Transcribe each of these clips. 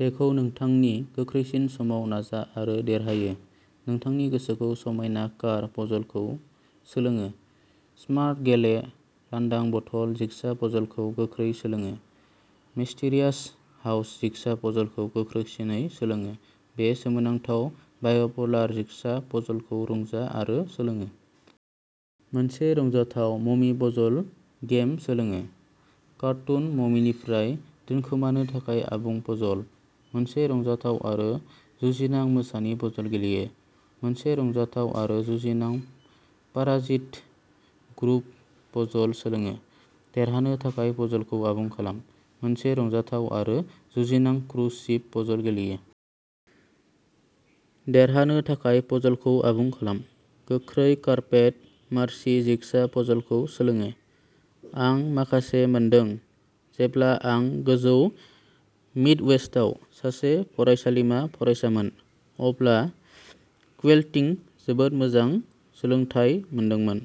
बेखौ नोंथांनि गोख्रैसिन समाव नाजा आरो देरहायो। नोंथांनि गोसोखौ समायना कार पजलखौ सोलोङो। स्मार्ट गेले, लांदां बथल जिगसा पजलखौ गोख्रै सोलोङो। मिस्टेरियास हाउस जिगसा पजलखौ गोख्रैसिनै सोलोङो। बे सोमोनांथाव बाय'पलार जिगसा पजलखौ रंजा आरो सोलोङो। मोनसे रंजाथाव ममी पजल गेम सोलोङो। कार्टुन ममीनिफ्राय दोनखोमानो थाखाय आबुं पजल। मोनसे रंजाथाव आरो जुजिनां मोसानि पजल गेलेयो। मोनसे रंजाथाव आरो जुजिनां पाराजिति ग्रुप पजल सोलोङो। देरहानो थाखाय पजलखौ आबुं खालाम। मोनसे रंजाथाव आरो जुजिनां क्रुज शिप पजल गेलेयो। देरहानो थाखाय पजलखौ आबुं खालाम। गोख्रै कार्पेट मार्चिं जिगसा पजलखौ सोलोङो। आं माखासे मोनदों। जेब्ला आं गोजौ मिडवेस्टआव सासे फरायसालिमा फरायसामोन, अब्ला क्विल्टिंनि जोबोद मोजां सोलोंथायफोर मोनदोंमोन।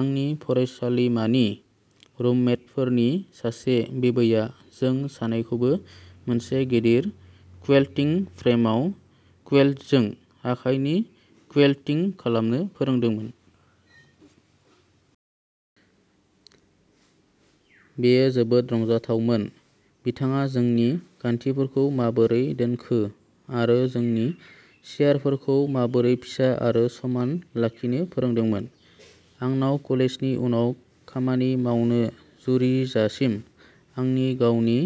आंनि फरायसालिमानि रुममेटफोरनि सासेनि बिबैया जों सानैखौबो मोनसे गिदिर क्विल्टिं फ्रेमाव क्विल्टजों आखाइनि क्विल्टिं खालामनो फोरोंदोंमोन। बेयो जोबोद रंजाथावमोन। बिथाङा जोंनि गान्थिफोरखौ माबोरै दोनखो आरो जोंनि सेलायफोरखौ माबोरै फिसा आरो समान लाखिनो फोरोंदोंमोन। आंनाव कलेजनि उनाव खामानि मावनो जुरिजासिम आंनि गावनि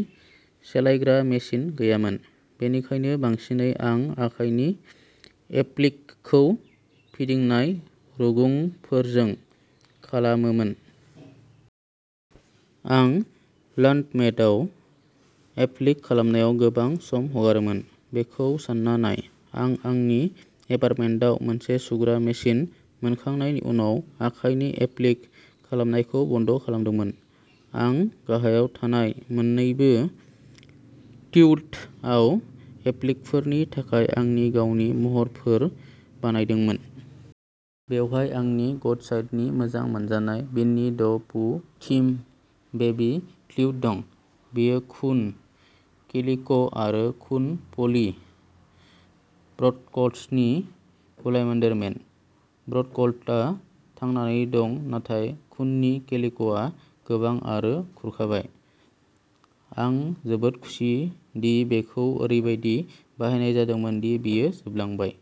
सेलायग्रा मेसिन गैयामोन, बेनिखायनो बांसिनै आं आखाइनि एप्लिकखौ फिदिंनाय रुगुंफोरजों खालामोमोन। आं लान्ड्रमेटआव एप्लिक खालामनायाव गोबां सम हगारोमोन! बेखौ सान्ना नाय, आं आंनि एपार्टमेन्टआव मोनसे सुग्रा मेसिन मोनखांनायनि उनाव आखाइनि एप्लिक खालामनायखौ बन्द'खालामदोंमोन! आं गाहायाव थानाय मोन्नैबो क्विल्टआव एप्लिकफोरनि थाखाय आंनि गावनि महरफोर बानायदोंमोन। बेवहाय आंनि ग'डचाइल्डनि मोजां मोनजानाय विन्नी द पूह थीम बेबि क्विल्ट दं। बेयो खुन केलिक'आरो खुन-पलि ब्रडक्लथनि गलायमोनदेरमोन। ब्रडक्लथआ थांनानै दं नाथाय खुननि केलिक'आ गोबा आरो खुरखाबाय। आं जोबोद खुसि दि बेखौ ओरैबायदि बाहायनाय जादोंमोन दि बेयो जोबलांबाय!